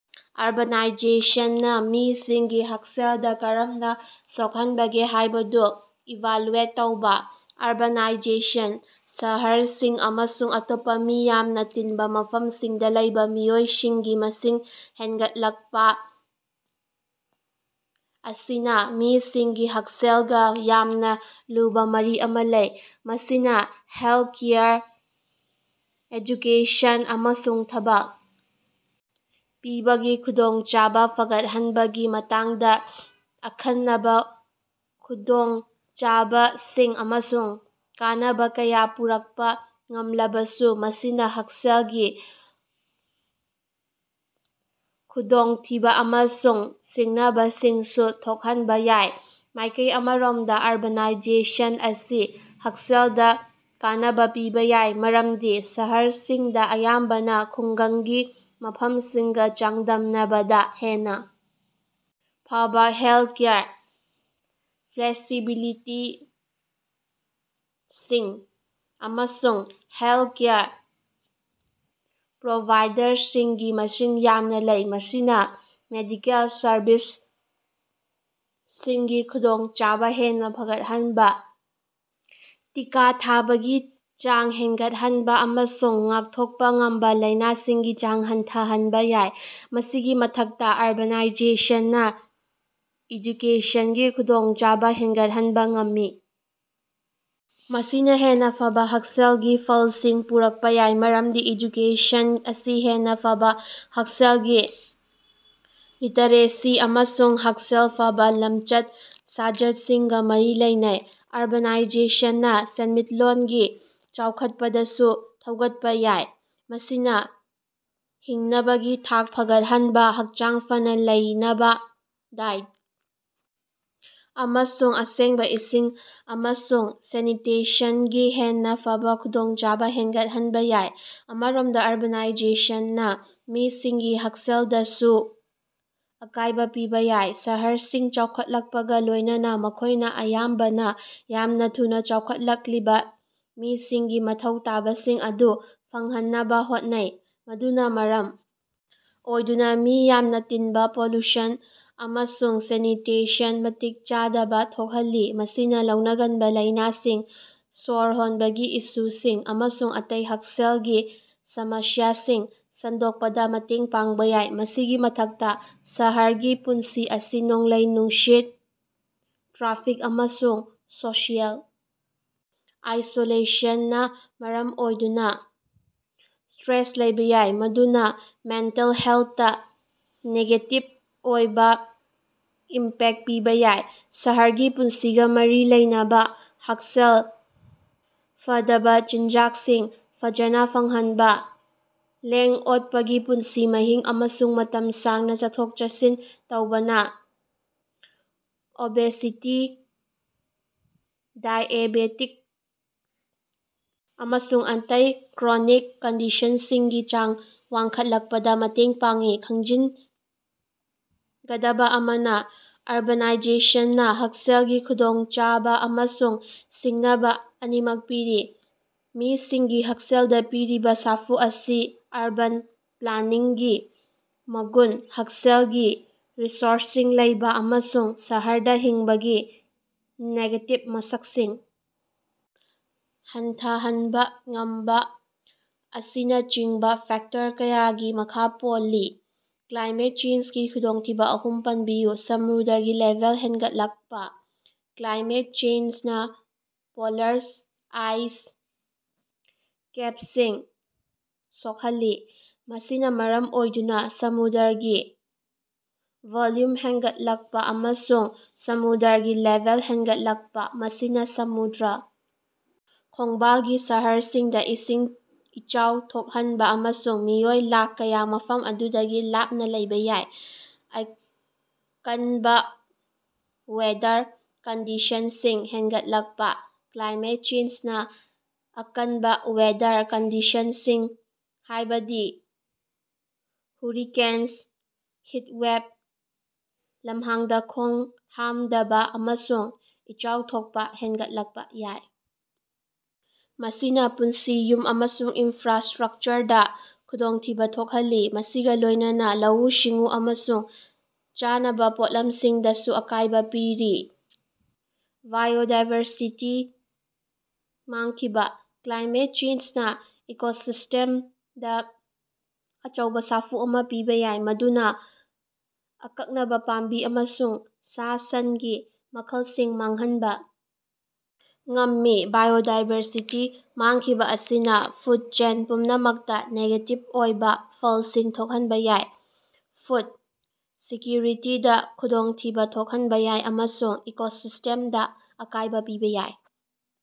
ꯑꯔꯕꯥꯟꯅꯥꯏꯖꯦꯁꯟꯅ ꯃꯤꯁꯤꯡꯒꯤ ꯍꯛꯁꯦꯜꯗ ꯀꯥꯔꯝꯅ ꯁꯣꯛꯍꯟꯕꯒꯦ ꯍꯥꯏꯕꯗꯨ ꯏꯚꯥꯜꯂꯨꯌꯦꯠ ꯇꯧꯕ꯫ ꯑꯔꯕꯥꯅꯥꯏꯖꯦꯁꯟ, ꯁꯍꯥꯔꯁꯤꯡ ꯑꯃꯁꯨꯡ ꯑꯇꯣꯞꯄ ꯃꯤ ꯌꯥꯝꯅ ꯇꯤꯟꯕ ꯃꯐꯝꯁꯤꯡꯗ ꯂꯩꯕ ꯃꯤꯑꯣꯏꯁꯤꯡꯒꯤ ꯃꯁꯤꯡ ꯍꯦꯟꯒꯠꯂꯛꯄ ꯑꯁꯤꯅ ꯃꯤꯁꯤꯡꯒꯤ ꯍꯛꯁꯦꯜꯒ ꯌꯥꯝꯅ ꯂꯨꯕ ꯃꯔꯤ ꯑꯃ ꯂꯩ꯫ ꯃꯁꯤꯅ ꯍꯦꯜꯊꯀꯦꯌꯥꯔ, ꯑꯦꯗꯨꯀꯦꯁꯟ, ꯑꯃꯁꯨꯡ ꯊꯕꯛ ꯄꯤꯕꯒꯤ ꯈꯨꯗꯣꯡꯆꯥꯕ ꯐꯥꯒꯠꯍꯟꯕꯒꯤ ꯃꯇꯥꯡꯗ ꯑꯈꯟꯅꯕ ꯈꯨꯗꯣꯡꯆꯥꯕꯁꯤꯡ ꯑꯃꯁꯨꯡ ꯀꯥꯟꯅꯕ ꯀꯌꯥ ꯄꯨꯔꯛꯄ ꯉꯝꯂꯕꯁꯨ, ꯃꯁꯤꯅ ꯍꯛꯁꯦꯜꯒꯤ ꯈꯨꯗꯣꯡꯊꯤꯕ ꯑꯃꯁꯨꯡ ꯁꯤꯡꯅꯕꯁꯤꯡꯁꯨ ꯊꯣꯛꯍꯟꯕ ꯌꯥꯏ꯫ ꯃꯥꯢꯀꯩ ꯑꯃꯔꯣꯝꯗ, ꯑꯔꯕꯥꯟꯅꯥꯏꯖꯦꯁꯟ ꯑꯁꯤ ꯍꯛꯁꯦꯜꯗ ꯀꯥꯟꯅꯕ ꯄꯤꯕ ꯌꯥꯏ ꯃꯔꯝꯗꯤ ꯁꯥꯍꯔꯁꯤꯡꯗ ꯑꯌꯥꯝꯕꯅ ꯈꯨꯡꯒꯪꯒꯤ ꯃꯐꯝꯁꯤꯡꯒ ꯆꯥꯡꯗꯝꯅꯕꯗ ꯍꯦꯟꯅ ꯐꯥꯕ ꯍꯦꯜꯊꯀꯦꯌꯥꯔ ꯐꯦꯁꯤꯂꯤꯇꯤꯁꯤꯡ ꯑꯃꯁꯨꯡ ꯍꯦꯜꯊꯀꯦꯌꯥꯔ ꯄ꯭ꯔꯣꯚꯥꯏꯗꯔꯁꯤꯡꯒꯤ ꯃꯁꯤꯡ ꯌꯥꯝꯅ ꯂꯩ꯫ ꯃꯁꯤꯅ ꯃꯦꯗꯤꯀꯦꯜ ꯁꯔꯚꯤꯁꯁꯤꯡꯒꯤ ꯈꯨꯗꯣꯡꯆꯥꯕ ꯍꯦꯟꯅ ꯐꯒꯠꯍꯟꯕ, ꯇꯤꯀꯥ ꯊꯥꯕꯒꯤ ꯆꯥꯡ ꯍꯦꯅꯒꯠꯍꯅꯕ, ꯑꯃꯁꯨꯡ ꯉꯥꯛꯊꯣꯛꯄ ꯉꯝꯕ ꯂꯥꯢꯅꯁꯤꯡꯒꯤ ꯆꯥꯡ ꯍꯟꯊꯍꯟꯕ ꯌꯥꯏ꯫ ꯃꯁꯤꯒꯤ ꯃꯊꯥꯛꯇ, ꯑꯔꯕꯥꯟꯅꯥꯏꯖꯦꯁꯟꯅ ꯏꯗꯨꯀꯦꯁꯟꯒꯤ ꯈꯨꯗꯣꯡꯆꯥꯕ ꯍꯦꯟꯒꯠꯍꯟꯕ ꯉꯝꯃꯤ, ꯃꯁꯤꯅ ꯍꯦꯟꯅ ꯐꯥꯕ ꯍꯛꯁꯦꯜꯒꯤ ꯐꯜꯁꯤꯡ ꯄꯨꯔꯛꯄ ꯌꯥꯏ, ꯃꯔꯝꯗꯤ ꯏꯗꯨꯀꯦꯁꯟ ꯑꯁꯤ ꯍꯦꯟꯅ ꯐꯥꯕ ꯍꯛꯁꯦꯜꯒꯤ ꯂꯤꯇꯔꯦꯁꯤ ꯑꯃꯁꯨꯡ ꯍꯛꯁꯦꯜ ꯐꯥꯕ ꯂꯝꯆꯠ-ꯁꯥꯖꯠꯁꯤꯡꯒ ꯃꯔꯤ ꯂꯩꯅꯩ꯫ ꯑꯔꯕꯥꯟꯅꯥꯏꯖꯦꯁꯟꯅ ꯁꯦꯟꯃꯤꯠꯂꯣꯟꯒꯤ ꯆꯥꯎꯈꯠꯄꯗꯁꯨ ꯊꯧꯒꯠꯄ ꯌꯥꯏ, ꯃꯁꯤꯅ ꯍꯤꯡꯅꯕꯒꯤ ꯊꯥꯛ ꯐꯥꯒꯠꯍꯟꯕ, ꯍꯛꯆꯥꯡ ꯐꯥꯅ ꯂꯩꯅꯕ ꯗꯥꯏꯠ, ꯑꯃꯁꯨꯡ ꯑꯁꯦꯡꯕ ꯏꯁꯤꯡ ꯑꯃꯁꯨꯡ ꯁꯦꯅꯤꯇꯦꯁꯟꯒꯤ ꯍꯦꯟꯅ ꯐꯥꯕ ꯈꯨꯗꯣꯡꯆꯥꯕ ꯍꯦꯟꯒꯠꯍꯟꯕ ꯌꯥꯏ꯫ ꯑꯃꯔꯣꯝꯗ, ꯑꯔꯕꯥꯟꯅꯥꯏꯖꯦꯁꯟꯅ ꯃꯤꯁꯤꯡꯒꯤ ꯍꯛꯁꯦꯜꯗꯁꯨ ꯑꯀꯥꯏꯕ ꯄꯤꯕ ꯌꯥꯏ꯫ ꯁꯥꯍꯔꯁꯤꯡ ꯆꯥꯎꯈꯠꯂꯛꯄꯒ ꯂꯣꯢꯅꯅ, ꯃꯈꯣꯢꯅ ꯑꯌꯥꯝꯕꯅ ꯌꯥꯝꯅ ꯊꯨꯅ ꯆꯥꯎꯈꯠꯂꯛꯂꯤꯕ ꯃꯤꯁꯤꯡꯒꯤ ꯃꯊꯧ ꯇꯥꯕꯁꯤꯡ ꯑꯗꯨ ꯐꯪꯍꯟꯅꯕ ꯍꯣꯠꯅꯩ, ꯃꯗꯨꯅ ꯃꯔꯝ ꯑꯣꯏꯗꯨꯅ ꯃꯤ ꯌꯥꯝꯅ ꯇꯤꯟꯕ, ꯄꯣꯂꯨꯁꯟ ꯑꯃꯁꯨꯡ ꯁꯦꯅꯤꯇꯦꯁꯟ ꯃꯇꯤꯛ ꯆꯥꯗꯕ ꯊꯣꯛꯍꯜꯂꯤ꯫ ꯃꯁꯤꯅ ꯂꯧꯅꯒꯟꯕ ꯂꯥꯢꯅꯁꯤꯡ, ꯁ꯭ꯕꯔ ꯍꯣꯟꯕꯒꯤ ꯏꯁꯨꯁꯤꯡ ꯑꯃꯁꯨꯡ ꯑꯇꯩ ꯍꯛꯁꯦꯜꯒꯤ ꯁꯃꯥꯁ꯭ꯌꯥꯁꯤꯡ ꯁꯟꯗꯣꯛꯄꯗ ꯃꯇꯦꯡ ꯄꯥꯡꯕ ꯌꯥꯏ꯫ ꯃꯁꯤꯒꯤ ꯃꯊꯛꯇ, ꯁꯍꯥꯔꯒꯤ ꯄꯨꯟꯁꯤ ꯑꯁꯤ ꯅꯣꯡꯂꯩ-ꯅꯨꯡꯁꯤꯠ, ꯇ꯭ꯔꯥꯐꯤꯛ, ꯑꯃꯁꯨꯡ ꯁꯣꯁꯤꯑꯦꯜ ꯑꯥꯏꯁꯣꯂꯦꯁꯟꯅ ꯃꯔꯝ ꯑꯣꯏꯗꯨꯅ ꯏꯁ꯭ꯠꯔꯦꯁ ꯂꯩꯕ ꯌꯥꯏ, ꯃꯗꯨꯅ ꯃꯦꯟꯇꯦꯜ ꯍꯦꯜꯊꯇ ꯅꯦꯒꯦꯇꯤꯚ ꯑꯣꯏꯕ ꯏꯝꯄꯦꯛ ꯄꯤꯕ ꯌꯥꯏ꯫ ꯁꯍꯔꯒꯤ ꯄꯨꯟꯁꯤꯒ ꯃꯔꯤ ꯂꯩꯅꯕ ꯍꯛꯁꯦꯜ ꯐꯗꯥꯕ ꯆꯤꯟꯖꯥꯛꯁꯤꯡ ꯐꯖꯥꯅ ꯐꯪꯍꯟꯕ, ꯂꯦꯡ-ꯑꯣꯠꯄꯒꯤ ꯄꯨꯟꯁꯤ ꯃꯍꯤꯡ, ꯑꯃꯁꯨꯡ ꯃꯇꯝ ꯁꯥꯡꯅ ꯆꯠꯊꯣꯛ-ꯆꯠꯁꯤꯟ ꯇꯧꯕꯅ ꯑꯣꯕꯦꯁꯤꯇꯤ, ꯗꯥꯏꯑꯦꯕꯦꯇꯤꯖ ꯑꯃꯁꯨꯡ ꯑꯇꯩ ꯀ꯭ꯔꯣꯅꯤꯛ ꯀꯟꯗꯤꯁꯟꯁꯤꯡꯒꯤ ꯆꯥꯡ ꯋꯥꯡꯈꯠꯂꯛꯄꯗ ꯃꯇꯦꯡ ꯄꯥꯡꯏ꯫ ꯈꯪꯖꯤꯅꯒꯗꯕ ꯑꯃꯅ, ꯑꯔꯕꯥꯟꯅꯥꯏꯖꯦꯁꯟꯅ ꯍꯛꯁꯦꯜꯒꯤ ꯈꯨꯗꯣꯡꯆꯥꯕ ꯑꯃꯁꯨꯡ ꯁꯤꯡꯅꯕ ꯑꯅꯤꯃꯛ ꯄꯤꯔꯤ꯫ ꯃꯤꯁꯤꯡꯒꯤ ꯍꯛꯁꯦꯜꯗ ꯄꯤꯔꯤꯕ ꯁꯥꯐꯨ ꯑꯁꯤ ꯑꯔꯕꯥꯟ ꯄ꯭ꯂꯥꯅꯤꯡꯒꯤ ꯃꯒꯨꯟ, ꯍꯛꯁꯦꯜꯒꯤ ꯔꯤꯁꯣꯔꯁꯁꯤꯡ ꯂꯩꯕ, ꯑꯃꯁꯨꯡ ꯁꯍꯥꯔꯗ ꯍꯤꯡꯕꯒꯤ ꯅꯦꯒꯦꯇꯤꯚ ꯃꯁꯛꯁꯤꯡ ꯍꯟꯊꯍꯅꯕ ꯉꯝꯕ ꯑꯁꯤꯅꯆꯤꯡꯕ ꯐꯦꯛꯇꯔ ꯀꯌꯥꯒꯤ ꯃꯈꯥ ꯄꯣꯜꯂꯤ꯫ ꯀ꯭ꯂꯥꯏꯃꯦꯠ ꯆꯦꯟꯖꯒꯤ ꯈꯨꯗꯣꯡꯊꯤꯕ ꯑꯍꯨꯝ ꯄꯟꯕꯤꯌꯨ꯫ ꯁꯃꯨꯗ꯭ꯔꯒꯤ ꯂꯦꯚꯦꯜ ꯍꯦꯅꯒꯠꯂꯀꯄꯥ, ꯀ꯭ꯂꯥꯏꯃꯦꯠ ꯆꯦꯟꯖꯅ ꯄꯣꯂꯥꯔ ꯑꯥꯏꯁ ꯀꯦꯄꯁꯤꯡ ꯁꯣꯀꯍꯜꯂꯤ, ꯃꯁꯤꯅꯥ ꯃꯔꯝ ꯑꯣꯏꯗꯨꯅꯥ ꯁꯃꯨꯗ꯭ꯔꯒꯤ ꯚꯣꯜꯌꯨꯝ ꯍꯦꯟꯒꯠꯂꯛꯄ ꯑꯃꯁꯨꯡ ꯁꯃꯨꯗ꯭ꯔꯥꯒꯤ ꯂꯦꯚꯦꯜ ꯍꯦꯟꯒꯠꯂꯛꯄ꯫ ꯃꯁꯤꯅ ꯁꯃꯨꯗ꯭ꯔꯥ ꯈꯣꯡꯕꯥꯜꯒꯤ ꯁꯍꯥꯔꯁꯤꯡꯗ ꯏꯁꯤꯡ ꯏꯆꯥꯎ ꯊꯣꯛꯍꯟꯕ ꯑꯃꯁꯨꯡ ꯃꯤꯑꯣꯏ ꯂꯥꯈ ꯀꯌꯥ ꯃꯐꯝ ꯑꯗꯨꯗꯒꯤ ꯂꯥꯞꯅ ꯂꯩꯕ ꯌꯥꯏ꯫ ꯑꯀꯥꯟꯕ ꯋꯦꯗꯔ ꯀꯟꯗꯤꯁꯟꯁꯤꯡ ꯍꯦꯟꯒꯠꯂꯛꯄ ꯀ꯭ꯂꯥꯏꯃꯦꯠ ꯆꯦꯟꯖꯅ ꯑꯀꯥꯟꯕ ꯋꯦꯗꯔ ꯀꯟꯗꯤꯁꯟꯁꯤꯡ ꯍꯥꯏꯕꯗꯤ ꯍꯨꯔꯤꯀꯦꯟ, ꯍꯤꯠꯋꯦꯕ, ꯂꯝꯍꯥꯡꯗ ꯈꯣꯡꯍꯥꯝꯗꯕ, ꯑꯃꯁꯨꯡ ꯏꯆꯥꯎ ꯊꯣꯛꯄ ꯍꯦꯟꯒꯠꯂꯛꯄ ꯌꯥꯏ꯫ ꯃꯁꯤꯅ ꯄꯨꯟꯁꯤ, ꯌꯨꯝ, ꯑꯃꯁꯨꯡ ꯏꯅꯐ꯭ꯔꯥꯁ꯭ꯇꯔꯥꯛꯆꯔꯗ ꯈꯨꯗꯣꯡꯊꯤꯕ ꯊꯣꯛꯍꯜꯂꯤ, ꯃꯁꯤꯒ ꯂꯣꯏꯅꯅ ꯂꯧꯎ-ꯁꯤꯡꯎ ꯑꯃꯁꯨꯡ ꯆꯥꯅꯕ ꯄꯣꯠꯂꯃꯁꯤꯡꯗꯁꯨ ꯑꯀꯥꯏꯕ ꯄꯤꯔꯤ꯫ ꯕꯥꯏꯑꯣꯗꯥꯏꯕꯔꯁꯤꯇꯤ ꯃꯥꯡꯈꯤꯕ - ꯀ꯭ꯂꯥꯏꯃꯦꯠ ꯆꯦꯟꯖꯅ ꯏꯀꯣꯁꯤꯁ꯭ꯇꯦꯝꯗ ꯑꯆꯧꯕ ꯁꯥꯐꯨ ꯑꯃ ꯄꯤꯕ ꯌꯥꯏ, ꯃꯗꯨꯅ ꯑꯀꯥꯛꯅꯕ ꯄꯥꯝꯕꯤ ꯑꯃꯁꯨꯡ ꯁꯥ-ꯁꯥꯟꯒꯤ ꯃꯈꯜꯁꯤꯡ ꯃꯥꯡꯍꯟꯕ ꯉꯝꯃꯤ꯫ ꯕꯥꯏꯑꯣꯗꯥꯏꯕꯔꯁꯤꯇꯤ ꯃꯥꯡꯈꯤꯕ ꯑꯁꯤꯅ ꯐꯨꯗ ꯆꯦꯟ ꯄꯨꯝꯅꯃꯛꯇ ꯅꯦꯒꯦꯇꯤꯕ ꯑꯣꯏꯕ ꯐꯜꯁꯤꯡ ꯊꯣꯛꯍꯟꯕ ꯌꯥꯏ, ꯐꯨꯗ ꯁꯦꯛꯀꯤꯌꯨꯔꯤꯇꯤꯗ ꯈꯨꯗꯣꯡꯊꯤꯕ ꯊꯣꯛꯍꯟꯕ ꯌꯥꯏ ꯑꯃꯁꯨꯡ ꯏꯀꯣꯁꯤꯁ꯭ꯇꯦꯝꯗ ꯑꯀꯥꯏꯕ ꯄꯤꯕ ꯌꯥꯏ꯫